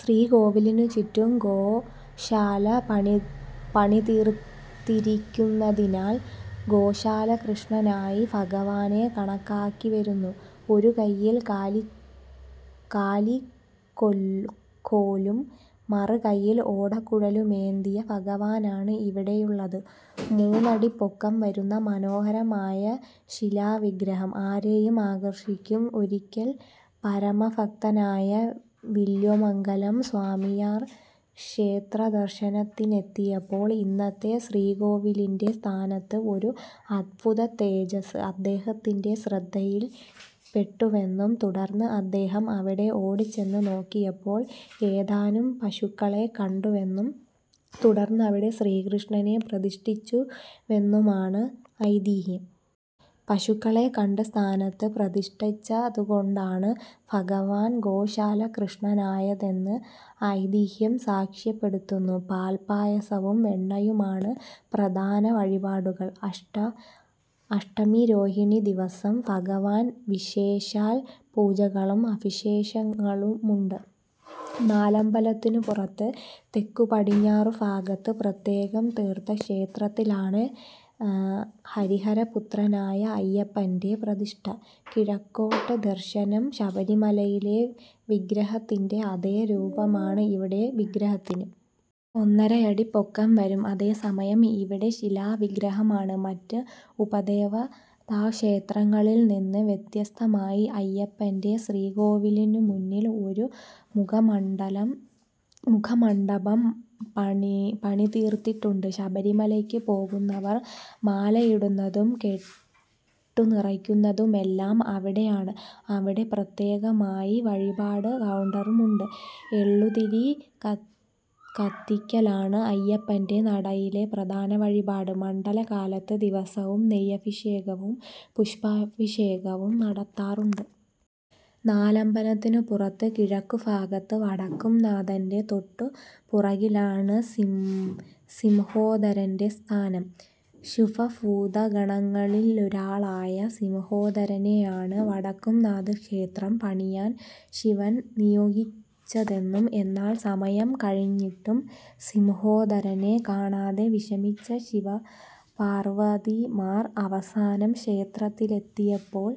ശ്രീകോവിലിനുചുറ്റും ഗോശാല പണിതീർത്തിരിയ്ക്കുന്നതിനാൽ ഗോശാലകൃഷ്ണനായി ഭഗവാനെ കണക്കാക്കിവരുന്നു. ഒരുകയ്യിൽ കാലിക്കോലും മറുകയ്യിൽ ഓടക്കുഴലുമേന്തിയ ഭഗവാനാണ് ഇവിടെയുള്ളത്. മൂന്നടി പൊക്കം വരുന്ന മനോഹരമായ ശിലാവിഗ്രഹം ആരെയും ആകർഷിയ്ക്കും. ഒരിയ്ക്കൽ പരമഭക്തനായ വില്വമംഗലം സ്വാമിയാർ ക്ഷേത്രദർശനത്തിനെത്തിയപ്പോൾ ഇന്നത്തെ ശ്രീകോവിലിന്റെ സ്ഥാനത്ത് ഒരു അത്ഭുതതേജസ്സ് അദ്ദേഹത്തിന്റെ ശ്രദ്ധയിൽ പെട്ടുവെന്നും തുടർന്ന് അദ്ദേഹം അവിടെ ഓടിച്ചെന്ന് നോക്കിയപ്പോൾ ഏതാനും പശുക്കളെ കണ്ടുവെന്നും തുടർന്ന് അവിടെ ശ്രീകൃഷ്ണനെ പ്രതിഷ്ഠിച്ചുവെന്നുമാണ് ഐതിഹ്യം. പശുക്കളെ കണ്ട് സ്ഥാനത്ത് പ്രതിഷ്ഠിച്ചതുകൊണ്ടാണ് ഭഗവാൻ ഗോശാലകൃഷ്ണനായതെന്ന് ഐതിഹ്യം സാക്ഷ്യപ്പെടുത്തുന്നു. പാൽപ്പായസവും വെണ്ണയുമാണ് പ്രധാന വഴിപാടുകൾ. അഷ്ടമിരോഹിണിദിവസം ഭഗവാന് വിശേഷാൽ പൂജകളും അഭിഷേകങ്ങളുമുണ്ട്. നാലമ്പലത്തിനുപുറത്ത് തെക്കുപടിഞ്ഞാറുഭാഗത്ത് പ്രത്യേകം തീർത്ത ക്ഷേത്രത്തിലാണ് ഹരിഹരപുത്രനായ അയ്യപ്പന്റെ പ്രതിഷ്ഠ. കിഴക്കോട്ട് ദർശനം. ശബരിമലയിലെ വിഗ്രഹത്തിന്റെ അതേ രൂപമാണ് ഇവിടത്തെ വിഗ്രഹത്തിനും. ഒന്നരയടി പൊക്കം വരും. അതേസമയം ഇവിടെ ശിലാവിഗ്രഹമാണ്. മറ്റ് ഉപദേവതാക്ഷേത്രങ്ങളിൽനിന്ന് വ്യത്യസ്തമായി അയ്യപ്പന്റെ ശ്രീകോവിലിനുമുന്നിൽ ഒരു മുഖമണ്ഡപം പണിതീർത്തിട്ടുണ്ട്. ശബരിമലയ്ക്ക് പോകുന്നവർ മാലയിടുന്നതും കെട്ടുനിറയ്ക്കുന്നതുമെല്ലാം അവിടെയാണ്. അവിടെ പ്രത്യേകമായി വഴിപാട് കൗണ്ടറുമുണ്ട്. എള്ളുതിരി കത്തിയ്ക്കലാണ് അയ്യപ്പന്റെ നടയിലെ പ്രധാന വഴിപാട്. മണ്ഡലകാലത്ത് ദിവസവും നെയ്യഭിഷേകവും പുഷ്പാഭിഷേകവും നടത്താറുണ്ട്. നാലമ്പലത്തിനുപുറത്ത് കിഴക്കുഭാഗത്ത് വടക്കുംനാഥന്റെ തൊട്ടുപുറകിലാണ് സിംഹോദരന്റെ സ്ഥാനം. ശിവഭൂതഗണങ്ങളിലൊരാളായ സിംഹോദരനെയാണ് വടക്കുംനാഥക്ഷേത്രം പണിയാൻ ശിവൻ നിയോഗിച്ചതെന്നും എന്നാൽ സമയം കഴിഞ്ഞിട്ടും സിംഹോദരനെ കാണാതെ വിഷമിച്ച ശിവപാർവ്വതിമാർ അവസാനം ക്ഷേത്രത്തിലെത്തിയപ്പോൾ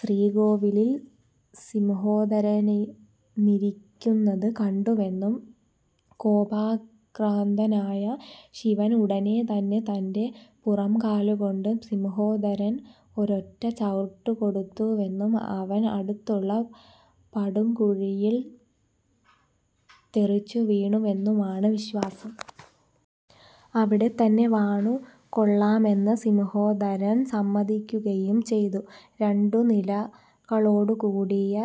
ശ്രീകോവിലിൽ സിംഹോദരനിരിയ്ക്കുന്നത് കണ്ടുവെന്നും കോപാക്രാന്തനായ ശിവൻ ഉടനെത്തന്നെ തന്റെ പുറംകാലുകൊണ്ട് സിംഹോദരന് ഒരൊറ്റ ചവിട്ടുകൊടുത്തുവെന്നും അവൻ അടുത്തുള്ള പടുകുഴിയിൽ തെറിച്ചുവീണുവെന്നുമാണ് വിശ്വാസം. അവിടെത്തന്നെ വാണുകൊള്ളാമെന്ന് സിംഹോദരൻ സമ്മതിയ്ക്കുകയും ചെയ്തു. രണ്ടുനിലകളോടുകൂടിയ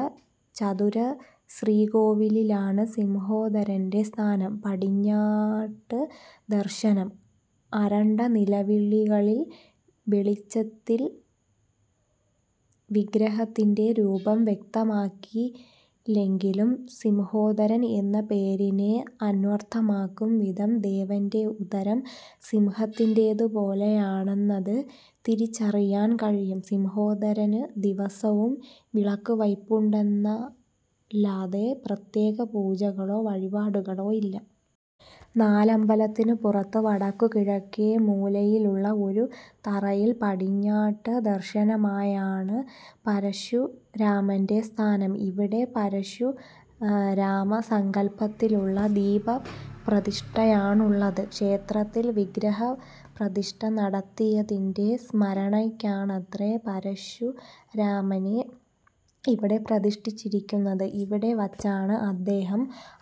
ചതുരശ്രീകോവിലിലാണ് സിംഹോദരന്റെ സ്ഥാനം. പടിഞ്ഞാട്ട് ദർശനം. അരണ്ട നിലവിളക്കിൻ വെളിച്ചത്തിൽ വിഗ്രഹത്തിന്റെ രൂപം വ്യക്തമാകില്ലെങ്കിലും സിംഹോദരൻ എന്ന പേരിനെ അന്വർത്ഥമാക്കും വിധം ദേവന്റെ ഉദരം സിംഹത്തിന്റേതുപോലെയാണെന്നത് തിരിച്ചറിയാൻ കഴിയും. സിംഹോദരന് ദിവസവും വിളക്കുവയ്പുണ്ടെന്നല്ലാതെ പ്രത്യേകപൂജകളോ വഴിപാടുകളോ ഇല്ല. നാലമ്പലത്തിനുപുറത്ത് വടക്കുകിഴക്കേമൂലയിലുള്ള ഒരു തറയിൽ പടിഞ്ഞാട്ട് ദർശനമായാണ് പരശുരാമന്റെ സ്ഥാനം. ഇവിടെ പരശുരാമസങ്കല്പത്തിലുള്ള ദീപപ്രതിഷ്ഠയാണുള്ളത്. ക്ഷേത്രത്തിൽ വിഗ്രഹപ്രതിഷ്ഠ നടത്തിയതിന്റെ സ്മരണയ്ക്കാണത്രേ പരശുരാമനെ ഇവിടെ പ്രതിഷ്ഠിച്ചിരിയ്ക്കുന്നത്. ഇവിടെ വച്ചാണ് അദ്ദേഹം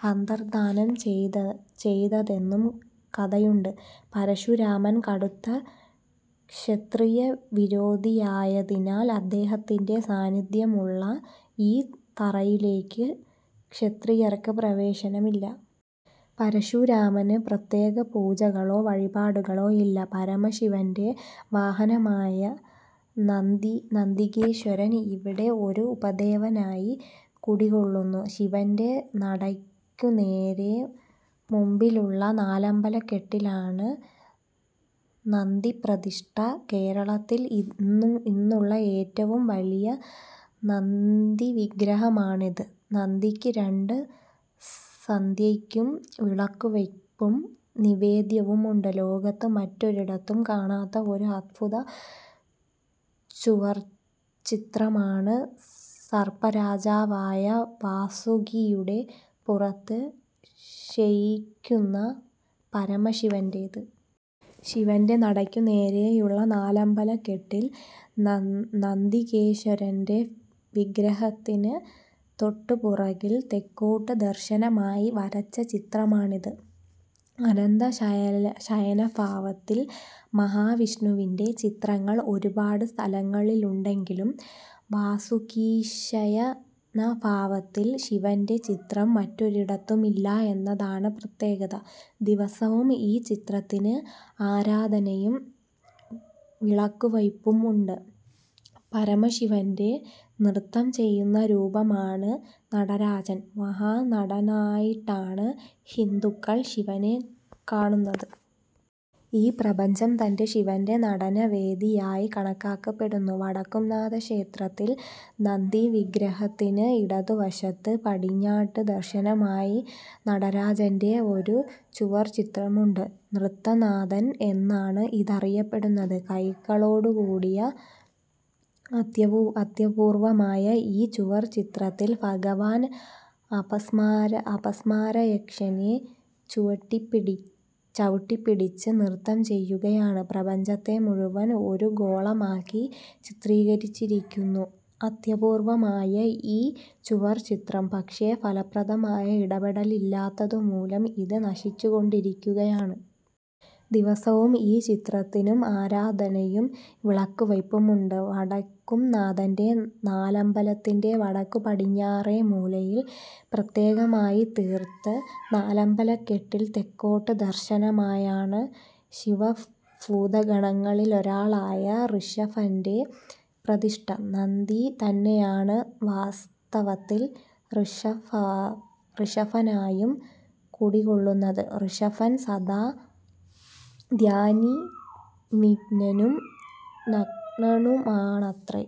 അന്തർദ്ധാനം ചെയ്തതെന്നും കഥയുണ്ട്. പരശുരാമൻ കടുത്ത ക്ഷത്രിയവിരോധിയായതിനാൽ അദ്ദേഹത്തിന്റെ സാന്നിദ്ധ്യമുള്ള ഈ തറയിലേയ്ക്ക് ക്ഷത്രിയർക്ക് പ്രവേശനമില്ല. പരശുരാമന് പ്രത്യേകപൂജകളോ വഴിപാടുകളോ ഇല്ല. പരമശിവന്റെ വാഹനമായ നന്തികേശ്വരൻ ഇവിടെ ഒരു ഉപദേവനായി കുടികൊള്ളുന്നു. ശിവന്റെ നടയ്ക്കുനേരെ മുമ്പിലുള്ള നാലമ്പലക്കെട്ടിലാണ് നന്തിപ്രതിഷ്ഠ. കേരളത്തിൽ ഇന്നുള്ള ഏറ്റവും വലിയ നന്തിവിഗ്രഹമാണിത്. നന്തിയ്ക്ക് രണ്ട് സന്ധ്യയ്ക്കും വിളക്കുവയ്പും നിവേദ്യവുമുണ്ട്. ലോകത്ത് മറ്റൊരിടത്തും കാണാത്ത ഒരു അത്ഭുത ചുവർച്ചിത്രമാണ് സർപ്പരാജാവായ വാസുകിയുടെ പുറത്ത് ശയിയ്ക്കുന്ന പരമശിവന്റേത്. ശിവന്റെ നടയ്ക്കുനേരെയുള്ള നാലമ്പലക്കെട്ടിൽ നന്തികേശ്വരന്റെ വിഗ്രഹത്തിന് തൊട്ടുപുറകിൽ തെക്കോട്ട് ദർശനമായി വരച്ച ചിത്രമാണിത്. അനന്തശയനഭാവത്തിൽ മഹാവിഷ്ണുവിന്റെ ചിത്രങ്ങൾ ഒരുപാട് സ്ഥലങ്ങളിലുണ്ടെങ്കിലും വാസുകീശയനഭാവത്തിൽ ശിവന്റെ ചിത്രം മറ്റൊരിടത്തുമില്ല എന്നതാണ് പ്രത്യേകത. ദിവസവും ഈ ചിത്രത്തിന് ആരാധനയും വിളക്കുവയ്പുമുണ്ട്. പരമശിവന്റെ നൃത്തം ചെയ്യുന്ന രൂപമാണ് നടരാജൻ. മഹാനടനനായിട്ടാണ് ഹിന്ദുക്കൾ ശിവനെ കാണുന്നത്. ഈ പ്രപഞ്ചം തന്നെ ശിവന്റെ നടനവേദിയായി കണക്കാക്കപ്പെടുന്നു. വടക്കുംനാഥക്ഷേത്രത്തിൽ നന്തിവിഗ്രഹത്തിന് ഇടതുവശത്ത് പടിഞ്ഞാട്ട് ദർശനമായി നടരാജന്റെ ഒരു ചുവർച്ചിത്രമുണ്ട്. നൃത്തനാഥൻ എന്നാണ് ഇതറിയപ്പെടുന്നത്. കൈകളോടുകൂടിയ അത്യപൂർവ്വമായ ഈ ചുവർച്ചിത്രത്തിൽ ഭഗവാൻ അപസ്മാരയക്ഷനെ ചവുട്ടിപ്പിടിച്ച് നൃത്തം ചെയ്യുകയാണ്. പ്രപഞ്ചത്തെ മുഴുവൻ ഒരു ഗോളമാക്കി ചിത്രികരിച്ചിരിയ്ക്കുന്നു. അത്യപൂർവ്വമായ ഈ ചുവർച്ചിത്രം, പക്ഷേ ഫലപ്രദമായ ഇടപെടലില്ലാത്തതുമൂലം ഇത് നശിച്ചുകൊണ്ടിരിയ്ക്കുകയാണ്. ദിവസവും ഈ ചിത്രത്തിനും ആരാധനയും വിളക്കുവയ്പുമുണ്ട്. വടക്കുംനാഥന്റെ നാലമ്പലത്തിന്റെ വടക്കുപടിഞ്ഞാറേമൂലയിൽ പ്രത്യേകമായിത്തീർത്ത് നാലമ്പലക്കെട്ടിൽ തെക്കോട്ട് ദർശനമായാണ് ശിവഭൂതഗണങ്ങളിലൊരാളായ ഋഷഭന്റെ പ്രതിഷ്ഠ. നന്ദി തന്നെയാണ് വാസ്തവത്തിൽ ഋഷഭനായും കുടികൊള്ളുന്നത്. ഋഷഭൻ സദാ ധ്യാനനിമഗ്നനും നഗ്നണുമാണത്രേ!